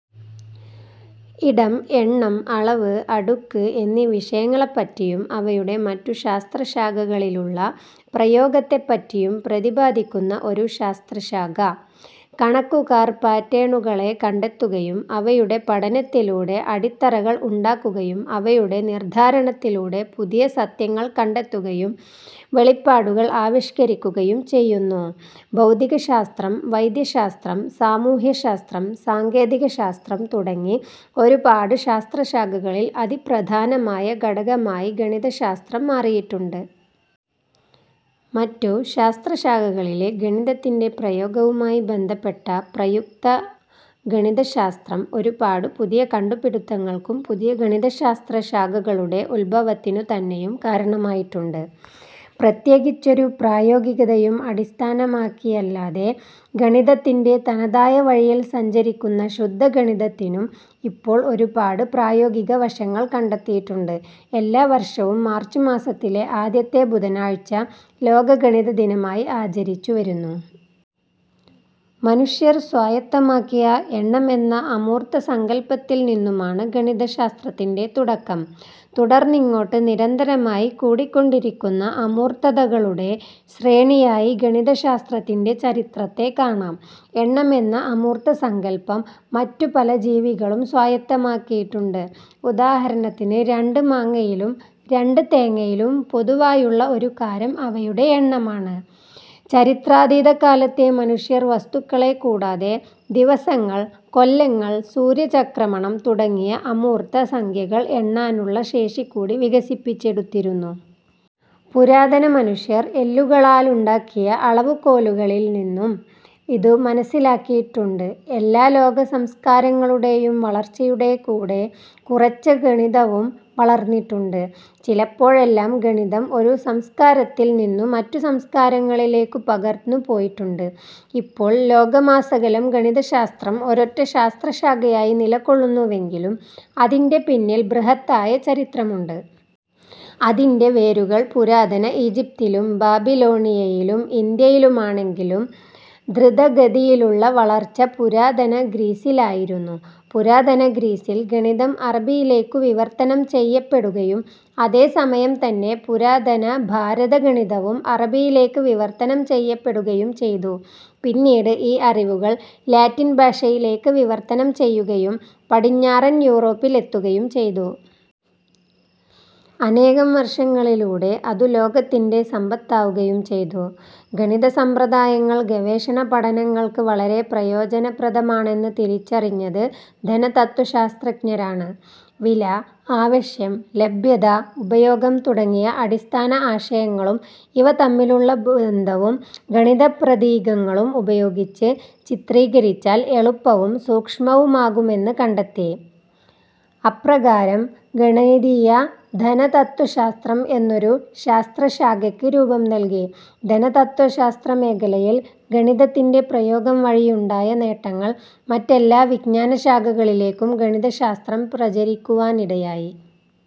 ഇടം, എണ്ണം, അളവ്, അടുക്ക് എന്നീ വിഷയങ്ങളെപ്പറ്റിയും അവയുടെ മറ്റു ശാസ്ത്രശാഖകളിലുള്ള പ്രയോഗത്തെപ്പറ്റിയും പ്രതിപാദിക്കുന്ന ഒരു ശാസ്ത്രശാഖ.. കണക്കുകാർ പാറ്റേണുകളെ കണ്ടെത്തുകയും, അവയുടെ പഠനത്തിലൂടെ അടിത്തറകൾ ഉണ്ടാക്കുകയും, അവയുടെ നിർധാരണത്തിലൂടെ പുതിയ സത്യങ്ങൾ കണ്ടെത്തുകയും വെളിപാടുകൾ ആവിഷ്കരിക്കുകയും ചെയ്യുന്നു. ഭൗതികശാസ്ത്രം, വൈദ്യശാസ്ത്രം, സാമൂഹ്യശാസ്ത്രം, സാങ്കേതികശാസ്ത്രം തുടങ്ങി ഒരുപാടു ശാസ്ത്രശാഖകളിൽ അതിപ്രധാനമായ ഘടകമായി ഗണിതശാസ്ത്രം മാറിയിട്ടുണ്ട്. മറ്റു ശാസ്ത്രശാഖകളിലെ ഗണിതത്തിന്റെ പ്രയോഗവുമായി ബന്ധപ്പെട്ട പ്രയുക്ത ഗണിതശാസ്തം, ഒരുപാടു പുതിയ കണ്ടുപിടിത്തങ്ങൾക്കും, പുതിയ ഗണിതശാസ്ത്രശാഖകളുടെ ഉത്ഭവത്തിനു തന്നെയും കാരണമായിട്ടുണ്ട്. പ്രത്യേകിച്ചൊരു പ്രായോഗികതയെയും അടിസ്ഥാനമാക്കിയല്ലാതെ ഗണിതത്തിന്റെ തനതായ വഴിയിൽ സഞ്ചരിക്കുന്ന ശുദ്ധ ഗണിതത്തിനും ഇപ്പോൾ ഒരുപാട് പ്രായോഗിക വശങ്ങൾ കണ്ടെത്തിയിട്ടുണ്ട്. എല്ലാ വർഷവും മാർച്ച് മാസത്തിലെ ആദ്യത്തെ ബുധനാഴ്ച ലോക ഗണിത ദിനമായി ആചരിച്ചു വരുന്നു. മനഷ്യർ സ്വായത്തമാക്കിയ എണ്ണമെന്ന അമൂർത്ത സങ്കല്പത്തിൽ നിന്നുമാണ് ഗണിതശാസ്ത്രത്തിന്റെ തുടക്കം. തുടർന്നിങ്ങോട്ടു് നിരന്തരമായി കൂടിക്കൊണ്ടിരിക്കുന്ന അമൂർത്തതതകളുടെ ശ്രേണിയായി ഗണിതശാസ്ത്രത്തിന്റെ ചരിത്രത്തെ കാണാം. എണ്ണമെന്ന അമൂർത്ത സങ്കല്പം മറ്റുപല ജീവികളും സ്വായത്തമാക്കിയിട്ടുണ്ട്. ഉദാഹരണത്തിന് രണ്ട് മാങ്ങയിലും, രണ്ട് തേങ്ങയിലും പൊതുവായുള്ള ഒരു കാര്യം അവയുടെ എണ്ണമാണ്. ചരിത്രാതീതകാലത്തെ മനുഷ്യർ വസ്തുക്കളെ കൂടാതെ, ദിവസങ്ങൾ, കൊല്ലങ്ങൾ, സൂര്യചക്രമണം തുടങ്ങിയ അമൂർത്ത സംഖ്യകൾ എണ്ണാനുള്ള ശേഷികൂടി വികസിപ്പിച്ചെടുത്തിരുന്നു. പുരാതന മനുഷ്യർ എല്ലുകളാലുണ്ടാക്കിയ അളവുകോലുകളിൽ നിന്നും ഇതു് മനസ്സിലാക്കിയിട്ടുണ്ട് എല്ലാ ലോക സംസ്ക്കാരങ്ങളുടെയും വളർച്ചയുടെ കൂടെ കുറച്ചു ഗണിതവും വളർന്നിട്ടുണ്ട്. ചിലപ്പോഴെല്ലാം, ഗണിതം ഒരു സംസ്ക്കാരത്തിൽ നിന്നു മറ്റു സംസ്ക്കാരങ്ങളിലേയ്ക്കു പകർന്നു പോയിട്ടുണ്ട്. ഇപ്പോൾ ലോകമാസകലം ഗണിതശാസ്ത്രം ഒരൊറ്റ ശാസ്ത്രശാഖയായി നിലകൊള്ളുന്നുവെങ്കിലും, അതിന്റെ പിന്നിൽ ബൃഹത്തായ ചരിത്രമുണ്ട്. അതിന്റെ വേരുകൾ പുരാതന ഈജിപ്തിലും, ബാബിലോണിയയിലും, ഇന്ത്യയിലുമാണെങ്കിലും, ധൃതഗതിയിലുള്ള വളർച്ച പുരാതന ഗ്രീസിലായിരുന്നു. പുരാതന ഗ്രീസിൽ ഗണിതം അറബിയിലേയ്ക്കു വിവർത്തനം ചെയ്യപ്പെടുകയും, അതേ സമയം തന്നെ പുരാതനഭാരത ഗണിതവും അറബിയിലേക്ക് വിവർത്തനം ചെയ്യപ്പെടുകയും ചെയ്തു. പിന്നീടു് ഈ അറിവുകൾ ലാറ്റിൻ ഭാഷയിലേക്ക് വിവർത്തനം ചെയ്യുകയും പടിഞ്ഞാറൻ യൂറോപ്പിൽ എത്തുകയും ചെയ്തു. അനേകം വർഷങ്ങളിലൂടെ അതു ലോകത്തിന്റെ സമ്പത്താവുകയും ചെയ്തു. ഗണിതസമ്പ്രദായങ്ങൾ ഗവേഷണപഠനങ്ങൾക്ക് വളരെ പ്രയോജനപ്രദമാണെന്ന് തിരിച്ചറിഞ്ഞത് ധനതത്വശാസ്ത്രജ്ഞരാണ്. വില, ആവശ്യം, ലഭ്യത, ഉപയോഗം തുടങ്ങിയ അടിസ്ഥാന ആശയങ്ങളും ഇവ തമ്മിലുള്ള ബന്ധവും ഗണിതപ്രതീകങ്ങളുപയോഗിച്ച് ചിത്രീകരിച്ചാൽ എളുപ്പവും സൂക്ഷ്മവുമാകുമെന്ന് കണ്ടെത്തി. അപ്രകാരം ഗണിതീയ ധനതത്വശാസ്ത്രം എന്നൊരു ശാസ്ത്രശാഖക്ക് രൂപം നൽകി. ധനതത്വശാസ്ത്രമേഖലയിൽ ഗണിതത്തിന്റെ പ്രയോഗം വഴിയുണ്ടായ നേട്ടങ്ങൾ മറ്റെല്ലാ വിജ്ഞാനശാഖകളിലേക്കും ഗണിതശാസ്ത്രം പ്രചരിക്കുവാനിടയാക്കി.